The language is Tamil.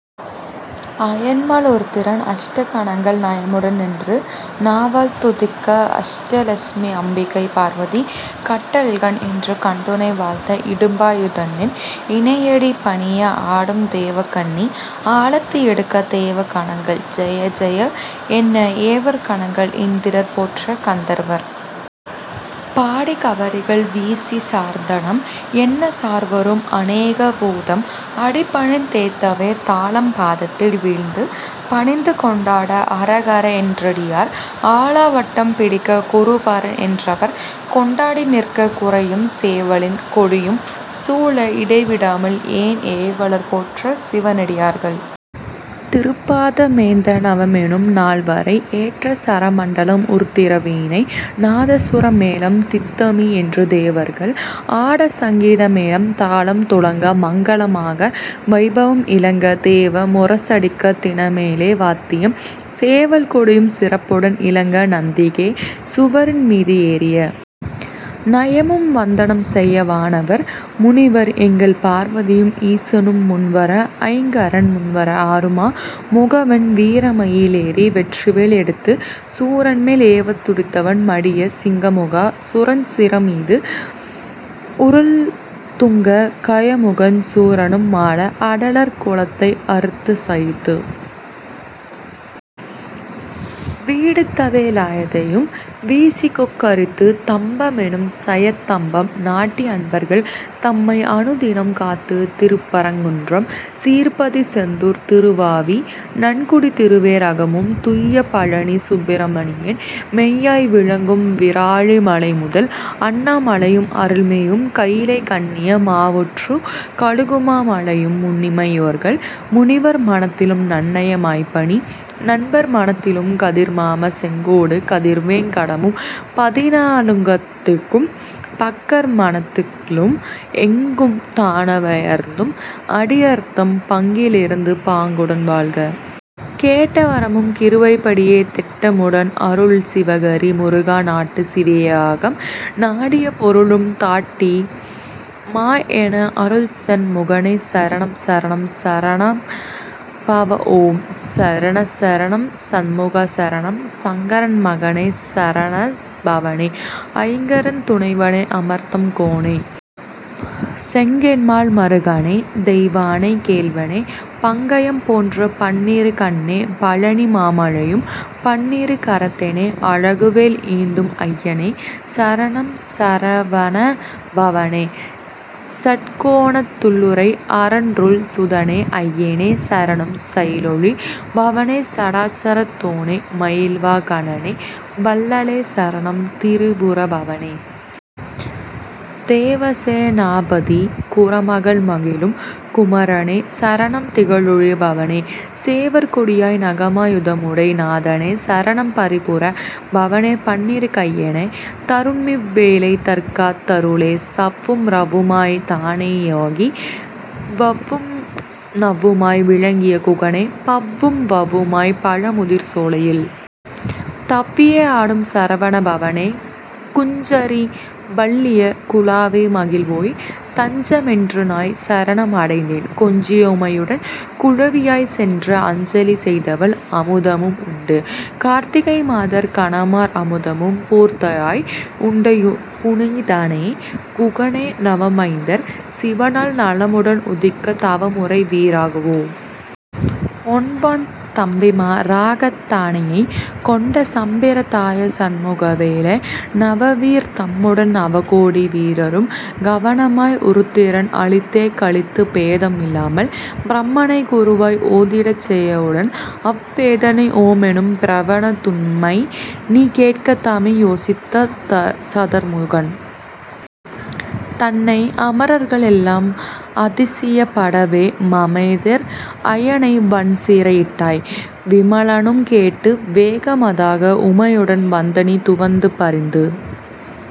அயன்மால் உருத்திரன் அஷ்ட கணங்கள் நயமுடன் நின்று நாவால் துதிக்க அஷ்ட லஷ்மி அம்பிகை பார்வதி கட்டழகன் என்று கண்டுனை வாழ்த்த இடும்பா யுதன்நின் இணையடி பணிய ஆடும் தேவகன்னி ஆலத்தி எடுக்க தேவ கணங்கள் ஜெயஜெய என்ன ஏவற் கணங்கள் இந்திரர் போற்ற கந்தர்வர் பாடிக் கவரிகள் வீசிச் சார்ந்தனம் என்னச் சார்வரும் அநேக பூதம் அடிபணிந் தேத்தவே தாளம் பாதத்தில் வீழ்ந்து பணிந்து கொண்டாட அரகர என்றடியார் ஆலவட்டம் பிடிக்க குருபரன் என்றன்பர் கொண்டாடி நிற்க குடையும் சேவலின் கொடியும் சூழ இடை விடாமல் உன் ஏவலர் போற்றச் சிவனடியார்கள் திருப்பாத மேந்த நவமெனும் நால்வரை ஏற்ற சரமண்டலம் உருத்திர வீணை நாதசுர மேளம் தித்திமி என்று தேவர்கள் ஆடச் சங்கீத மேளம் தாளம் துலங்க மங்கள மாக வைபவம் இலங்க தேவ முரசடிக்கத் தினமேள வாத்தியம் சேவல் கொடியும் சிறப்புடன் இலங்க நந்திகே சுவரன்மீது ஏறிய நயமும் வந்தனம் செய்ய வானவர் முனிவர் எங்கள் பார்வதியும் ஈசனும் முன்வர ஐங்கரன் முன்வர ஆறுமா முகவன் வீரமயி லேறி வெற்றிவேல் எடுத்துச் சூரன்மேல் ஏவத் துடித்தவன் மடியச் சிங்கமுகா சுரன் சிரமது உருளத் துங்கக் கயமுகன் சூரனும் மாள அடலறக் குலத்தை அறுத்துச் சயித்து விடுத்தவே லாயுதம் வீசிக்கொக் கரித்துத் தம்ப மெனும் சயத் தம்பம் நாட்டி அன்பர்கள் தம்மை அனுதினம் காத்துத் திருப்பரங் குன்றம் சீர்பதி செந்தூர் திருவாவி நன்குடி திருவே ரகமும் துய்ய பழநி சுப்பிர மணியன் மெய்யாய் விளங்கும் விராலிமலைமுதல் அண்ணா மலையும் அருள்மேவும் கயிலை கண்ணிய மாவூற்றுக் கழுகுமா மலையும் முன்னிமை யோர்கள் முனிவர் மனத்திலும் நன்னய மாய்ப்பணி நண்பர் மனத்திலும் கதிர்காமம் செங்கோடு கதிர்வேங் கடமும் பதினா லுகத்திலும் பக்தர் மனத்திலும் எங்கும் தானவ னாயிருந் அடியர்தம் பங்கி லிருந்து பாங்குடன் வாழ்க! கேட்ட வரமும் கிருபைப் படியே தேட்ட முடன் அருள் சிவகிரி முருகா நாட்டு சிவயோகம் நாடிய பொருளும் தாட்டிக மாய்எனக் அருள்சண் முகனே சரணம் சரணம் சரவண பவஓம் சரணம் சரணம் சண்முகா சரணம் சஙகரன் மகனே சரவண பவனே ஐங்கரன் துணைவனே அமரர்தம் கோனே செங்கண்மால் மருகனே தெய்வானை கேள்வனே பங்கயம் போன்ற பன்னிரு கண்ணனே பழநி மாமலையுறும் பன்னிரு கரத்தனே அழகுவேல் ஏந்தும் ஐயனே சரணம் சரவணபவனே சட்கோணத் துள்ளுறை அரனருள் சுதனே அய்யனே சரணம் சயிலொளி பவனே சடாட்சரத் தோனே மயில்வா கனனே வள்ளலே சரணம் திரிபுர பவனே தேவசே னாபதி குறமகள் மகிழும் குமரனே சரணம் திகழொளி பவனே சேவற்கொடியாய் நகமா யுதமுடை நாதனே சரணம் பரிபுர பவனே பன்னிரு கையனே தருணமிவ் வேளை தற்காத் தருளே சவ்வும் ரவ்வுமாய்த் தானே யாகி வவ்வும் ணவ்வுமாய் விளங்கிய குகனே பவ்வும் வவ்வுமாய் பழமுதிர் சோலையில் தவ்வியே ஆடும் சரவணபவனே குஞ்சரி வள்ளியைக் குலாவி மகிழ்வோய் தஞ்ச மென்றுன்னைச் சரணம் அடைந்தேன் கொஞ்சிய உமையுடன் குழவியாய்ச் சென்றங் அஞ்சலி செய்தவள் அமுதமும் உண்டு கார்த்திகை மாதர் கனமார் அமுதமும் பூர்த்தியாய் உண்ட புனிதனே குகனே நவமைந்தர் சிவனால் நலமுடன் உதிக்கத் தவமுடை வீரவாகுவோ ஒன்பான் தம்பிமா ராகத் தானையைக் கொண்ட சம்பிர தாயா சண்முகா வேலா நவவீரர் தம்முடன் நவகோடி வீரரும் கவனமாய் உருத்திரன் அளித்தே களித்துப் பேதம் இல்லாமல் பிரமனைக் குருவாய் ஓதிடச் செய்ய உடன் அவ் வேதனை ஓமெனும் பிரவணத் துண்மைநீ கேட்க தாமே யோசித்த சதுர்முகன் தன்னை அமரர்கள் எல்லாம் அதிசயப் படவே மமதைசேர் அயனை வன்சிறை யிட்டாய் விமலனும் கேட்டு வேக மதாக உமையுடன் வந்தினி துவந்து பரிந்து